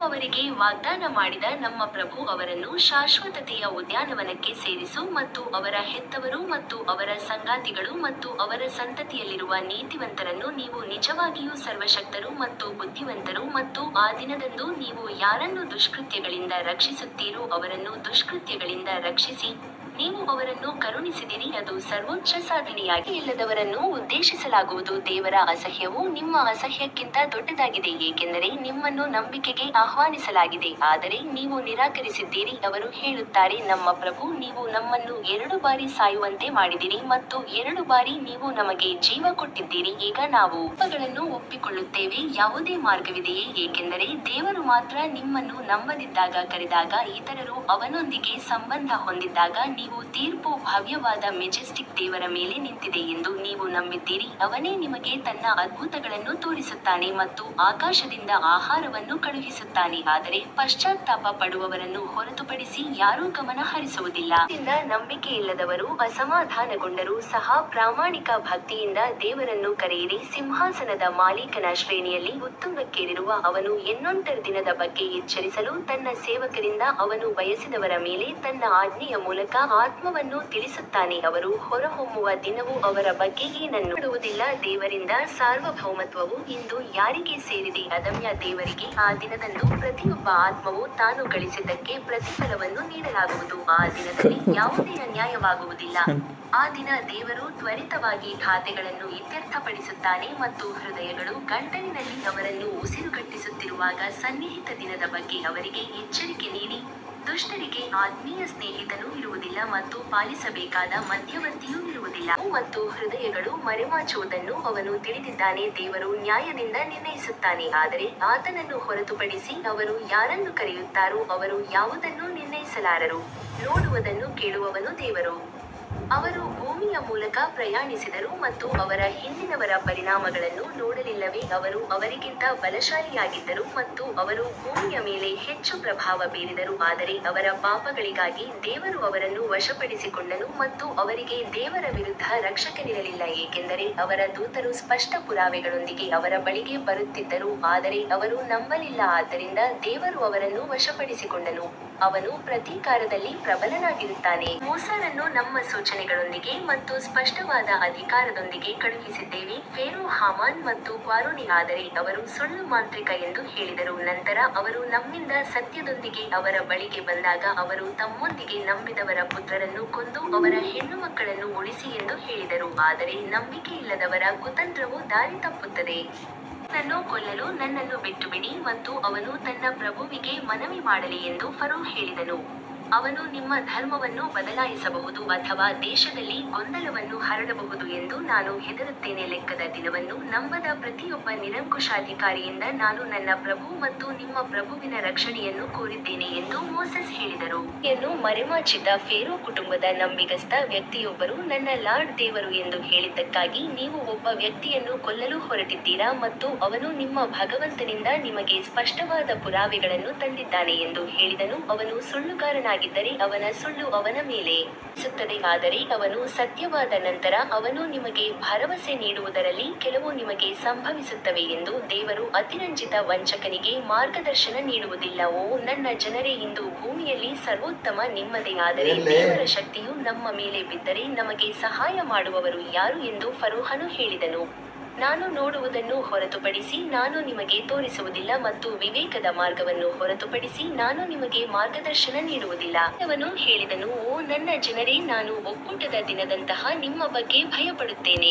ನೀವು ಅವರಿಗೆ ವಾಗ್ದಾನ ಮಾಡಿದ ನಮ್ಮ ಪ್ರಭು ಅವರನ್ನು ಶಾಶ್ವತತೆಯ ಉದ್ಯಾನವನಕ್ಕೆ ಸೇರಿಸು ಮತ್ತು ಅವರ ಹೆತ್ತವರು ಮತ್ತು ಅವರ ಸಂಗಾತಿಗಳು ಮತ್ತು ಅವರ ಸಂತತಿಯಲ್ಲಿರುವ ನೀತಿವಂತರನ್ನು ನೀವು ನಿಜವಾಗಿಯೂ ಸರ್ವಶಕ್ತರು ಮತ್ತು ಬುದ್ಧಿವಂತರು ಮತ್ತು ಆ ದಿನದಂದು ನೀವು ಯಾರನ್ನು ದುಷ್ಕೃತ್ಯಗಳಿಂದ ರಕ್ಷಿಸುತ್ತೀರೋ ಅವರನ್ನು ದುಷ್ಕೃತ್ಯಗಳಿಂದ ರಕ್ಷಿಸಿ, ನೀವು ಅವರನ್ನು ಕರುಣಿಸಿದಿರಿ ಅದು ಸರ್ವೋಚ್ಚ ಸಾಧನೆಯಾಗಿದೆ. ನಂಬಿಕೆಯಿಲ್ಲದವರನ್ನು ಉದ್ದೇಶಿಸಲಾಗುವುದು ದೇವರ ಅಸಹ್ಯವು ನಿಮ್ಮ ಅಸಹ್ಯಕ್ಕಿಂತ ದೊಡ್ಡದಾಗಿದೆ ಏಕೆಂದರೆ ನಿಮ್ಮನ್ನು ನಂಬಿಕೆಗೆ ಆಹ್ವಾನಿಸಲಾಗಿದೆ ಆದರೆ ನೀವು ನಿರಾಕರಿಸಿದ್ದೀರಿ ಅವರು ಹೇಳುತ್ತಾರೆ ನಮ್ಮ ಪ್ರಭು ನೀವು ನಮ್ಮನ್ನು ಎರಡು ಬಾರಿ ಸಾಯುವಂತೆ ಮಾಡಿದಿರಿ ಮತ್ತು ಎರಡು ಬಾರಿ ನೀವು ನಮಗೆ ಜೀವ ಕೊಟ್ಟಿದ್ದೀರಿ ಈಗ ನಾವು ನಮ್ಮ ಪಾಪಗಳನ್ನು ಒಪ್ಪಿಕೊಳ್ಳುತ್ತೇವೆ ಯಾವುದೇ ಮಾರ್ಗವಿದೆಯೇ ಏಕೆಂದರೆ ದೇವರು ಮಾತ್ರ ನಿಮ್ಮನ್ನು ನಂಬದಿದ್ದಾಗ ಕರೆದಾಗ ಇತರರು ಅವನೊಂದಿಗೆ ಸಂಬಂಧ ಹೊಂದಿದ್ದಾಗ ನೀವು ತೀರ್ಪು ಭವ್ಯವಾದ ಮೆಜೆಸ್ಟಿಕ್ ದೇವರ ಮೇಲೆ ನಿಂತಿದೆ ಎಂದು ನೀವು ನಂಬಿದ್ದೀರಿ ಅವನೇ ನಿಮಗೆ ತನ್ನ ಅದ್ಭುತಗಳನ್ನು ತೋರಿಸುತ್ತಾನೆ ಮತ್ತು ಆಕಾಶದಿಂದ ಆಹಾರವನ್ನು ಕಳುಹಿಸುತ್ತಾನೆ ಆದರೆ ಪಶ್ಚಾತ್ತಾಪ ಪಡುವವರನ್ನು ಹೊರತುಪಡಿಸಿ ಯಾರೂ ಗಮನ ಹರಿಸುವುದಿಲ್ಲ. ಆದ್ದರಿಂದ ನಂಬಿಕೆಯಿಲ್ಲದವರು ಅಸಮಾಧಾನಗೊಂಡರೂ ಸಹ ಪ್ರಾಮಾಣಿಕ ಭಕ್ತಿಯಿಂದ ದೇವರನ್ನು ಕರೆಯಿರಿ ಸಿಂಹಾಸನದ ಮಾಲೀಕನ ಶ್ರೇಣಿಯಲ್ಲಿ ಉತ್ತುಂಗಕ್ಕೇರಿರುವ ಅವನು ಎನ್ಕೌಂಟರ್ ದಿನದ ಬಗ್ಗೆ ಎಚ್ಚರಿಸಲು ತನ್ನ ಸೇವಕರಿಂದ ಅವನು ಬಯಸಿದವರ ಮೇಲೆ ತನ್ನ ಆಜ್ಞೆಯ ಮೂಲಕ ಆತ್ಮವನ್ನು ತಿಳಿಸುತ್ತಾನೆ ಅವರು ಹೊರಹೊಮ್ಮುವ ದಿನವು ಅವರ ಬಗ್ಗೆ ಏನನ್ನೂ ಮರೆಮಾಡುವುದಿಲ್ಲ ದೇವರಿಂದ ಸಾರ್ವಭೌಮತ್ವವು ಇಂದು ಯಾರಿಗೆ ಸೇರಿದೆ ಅದಮ್ಯ ದೇವರಿಗೆ ಆ ದಿನದಂದು ಪ್ರತಿಯೊಬ್ಬ ಆತ್ಮವು ತಾನು ಗಳಿಸಿದ್ದಕ್ಕೆ ಪ್ರತಿಫಲವನ್ನು ನೀಡಲಾಗುವುದು ಆ ದಿನದಲ್ಲಿ ಯಾವುದೇ ಅನ್ಯಾಯವಾಗುವುದಿಲ್ಲ, ಆ ದಿನ ದೇವರು ತ್ವರಿತವಾಗಿ ಖಾತೆಗಳನ್ನು ಇತ್ಯರ್ಥಪಡಿಸುತ್ತಾನೆ ಮತ್ತು ಹೃದಯಗಳು ಗಂಟಲಿನಲ್ಲಿ ಅವರನ್ನು ಉಸಿರುಗಟ್ಟಿಸುತ್ತಿರುವಾಗ ಸನ್ನಿಹಿತ ದಿನದ ಬಗ್ಗೆ ಅವರಿಗೆ ಎಚ್ಚರಿಕೆ ನೀಡಿ, ದುಷ್ಟರಿಗೆ ಆತ್ಮೀಯ ಸ್ನೇಹಿತನೂ ಇರುವುದಿಲ್ಲ ಮತ್ತು ಪಾಲಿಸಬೇಕಾದ ಮಧ್ಯವರ್ತಿಯೂ ಇರುವುದಿಲ್ಲ. ಕಣ್ಣುಗಳ ವಂಚನೆಗಳು ಮತ್ತು ಹೃದಯಗಳು ಮರೆಮಾಚುವುದನ್ನು ಅವನು ತಿಳಿದಿದ್ದಾನೆ ದೇವರು ನ್ಯಾಯದಿಂದ ನಿರ್ಣಯಿಸುತ್ತಾನೆ ಆದರೆ ಆತನನ್ನು ಹೊರತುಪಡಿಸಿ ಅವರು ಯಾರನ್ನು ಕರೆಯುತ್ತಾರೋ ಅವರು ಯಾವುದನ್ನೂ ನಿರ್ಣಯಿಸಲಾರರು, ನೋಡುವದನ್ನು ಕೇಳುವವನು ದೇವರು. ಅವರು ಭೂಮಿಯ ಮೂಲಕ ಪ್ರಯಾಣಿಸಿದರು ಮತ್ತು ಅವರ ಹಿಂದಿನವರ ಪರಿಣಾಮಗಳನ್ನು ನೋಡಲಿಲ್ಲವೇ ಅವರು ಅವರಿಗಿಂತ ಬಲಶಾಲಿಯಾಗಿದ್ದರು ಮತ್ತು ಅವರು ಭೂಮಿಯ ಮೇಲೆ ಹೆಚ್ಚು ಪ್ರಭಾವ ಬೀರಿದರು ಆದರೆ ಅವರ ಪಾಪಗಳಿಗಾಗಿ ದೇವರು ಅವರನ್ನು ವಶಪಡಿಸಿಕೊಂಡನು ಮತ್ತು ಅವರಿಗೆ ದೇವರ ವಿರುದ್ಧ ರಕ್ಷಕನಿರಲಿಲ್ಲ ಏಕೆಂದರೆ ಅವರ ದೂತರು ಸ್ಪಷ್ಟ ಪುರಾವೆಗಳೊಂದಿಗೆ ಅವರ ಬಳಿಗೆ ಬರುತ್ತಿದ್ದರು ಆದರೆ ಅವರು ನಂಬಲಿಲ್ಲ ಆದ್ದರಿಂದ ದೇವರು ಅವರನ್ನು ವಶಪಡಿಸಿಕೊಂಡನು, ಅವನು ಪ್ರತೀಕಾರದಲ್ಲಿ ಪ್ರಬಲನಾಗಿರುತ್ತಾನೆ. ನಾವು ಮೂಸಾರನ್ನು ನಮ್ಮ ಸೂಚನೆಗಳೊಂದಿಗೆ ಮತ್ತು ಸ್ಪಷ್ಟವಾದ ಅಧಿಕಾರದೊಂದಿಗೆ ಕಳುಹಿಸಿದ್ದೇವೆ ಫೇರೋ ಹಾಮಾನ್ ಮತ್ತು ಕ್ವಾರೂನ್ಗೆ ಆದರೆ ಅವರು ಸುಳ್ಳು ಮಾಂತ್ರಿಕ ಎಂದು ಹೇಳಿದರು ನಂತರ ಅವರು ನಮ್ಮಿಂದ ಸತ್ಯದೊಂದಿಗೆ ಅವರ ಬಳಿಗೆ ಬಂದಾಗ ಅವರು ತಮ್ಮೊಂದಿಗೆ ನಂಬಿದವರ ಪುತ್ರರನ್ನು ಕೊಂದು ಅವರ ಹೆಣ್ಣುಮಕ್ಕಳನ್ನು ಉಳಿಸಿ ಎಂದು ಹೇಳಿದರು ಆದರೆ ನಂಬಿಕೆಯಿಲ್ಲದವರ ಕುತಂತ್ರವು ದಾರಿ ತಪ್ಪುತ್ತದೆ. ಮೋಸೆಸ್ನನ್ನು ಕೊಲ್ಲಲು ನನ್ನನ್ನು ಬಿಟ್ಟುಬಿಡಿ ಮತ್ತು ಅವನು ತನ್ನ ಪ್ರಭುವಿಗೆ ಮನವಿ ಮಾಡಲಿ ಎಂದು ಫರೋ ಹೇಳಿದನು, ಅವನು ನಿಮ್ಮ ಧರ್ಮವನ್ನು ಬದಲಾಯಿಸಬಹುದು ಅಥವಾ ದೇಶದಲ್ಲಿ ಗೊಂದಲವನ್ನು ಹರಡಬಹುದು ಎಂದು ನಾನು ಹೆದರುತ್ತೇನೆ ಲೆಕ್ಕದ ದಿನವನ್ನು ನಂಬದ ಪ್ರತಿಯೊಬ್ಬ ನಿರಂಕುಶಾಧಿಕಾರಿಯಿಂದ ನಾನು ನನ್ನ ಪ್ರಭು ಮತ್ತು ನಿಮ್ಮ ಪ್ರಭುವಿನ ರಕ್ಷಣೆಯನ್ನು ಕೋರಿದ್ದೇನೆ ಎಂದು ಮೋಸೆಸ್ ಹೇಳಿದರು. ತನ್ನ ನಂಬಿಕೆಯನ್ನು ಮರೆಮಾಚಿದ್ದ ಫೇರೋ ಕುಟುಂಬದ ನಂಬಿಗಸ್ತ ವ್ಯಕ್ತಿಯೊಬ್ಬರು ನನ್ನ ಲಾರ್ಡ್ ದೇವರು ಎಂದು ಹೇಳಿದ್ದಕ್ಕಾಗಿ ನೀವು ಒಬ್ಬ ವ್ಯಕ್ತಿಯನ್ನು ಕೊಲ್ಲಲು ಹೊರಟಿದ್ದೀರಾ ಮತ್ತು ಅವನು ನಿಮ್ಮ ಭಗವಂತನಿಂದ ನಿಮಗೆ ಸ್ಪಷ್ಟವಾದ ಪುರಾವೆಗಳನ್ನು ತಂದಿದ್ದಾನೆ ಎಂದು ಹೇಳಿದನು ಅವನು ಸುಳ್ಳುಗಾರನಾಗಿದ್ದರೆ ಅವನ ಸುಳ್ಳು ಅವನ ಮೇಲೆ ಮರುಕಳಿಸುತ್ತದೆ ಆದರೆ ಅವನು ಸತ್ಯವಾದ ನಂತರ ಅವನು ನಿಮಗೆ ಭರವಸೆ ನೀಡುವುದರಲ್ಲಿ ಕೆಲವು ನಿಮಗೆ ಸಂಭವಿಸುತ್ತವೆ ಎಂದು ದೇವರು ಅತಿರಂಜಿತ ವಂಚಕನಿಗೆ ಮಾರ್ಗದರ್ಶನ ನೀಡುವುದಿಲ್ಲ ಓ ನನ್ನ ಜನರೇ ಇಂದು ಭೂಮಿಯಲ್ಲಿ ಸರ್ವೋತ್ತಮ ನಿಮ್ಮದೇ ಆದರೆ ದೇವರ ಶಕ್ತಿಯು ನಮ್ಮ ಮೇಲೆ ಬಿದ್ದರೆ ನಮಗೆ ಸಹಾಯ ಮಾಡುವವರು ಯಾರು ಎಂದು ಫರೋಹನು ಹೇಳಿದನು, ನಾನು ನೋಡುವುದನ್ನು ಹೊರತುಪಡಿಸಿ ನಾನು ನಿಮಗೆ ತೋರಿಸುವುದಿಲ್ಲ ಮತ್ತು ವಿವೇಕದ ಮಾರ್ಗವನ್ನು ಹೊರತುಪಡಿಸಿ ನಾನು ನಿಮಗೆ ಮಾರ್ಗದರ್ಶನ ನೀಡುವುದಿಲ್ಲ. ನಂಬಿದವನು ಹೇಳಿದನು ಓ ನನ್ನ ಜನರೇ ನಾನು ಒಕ್ಕೂಟದ ದಿನದಂತಹ ನಿಮ್ಮ ಬಗ್ಗೆ ಭಯಪಡುತ್ತೇನೆ.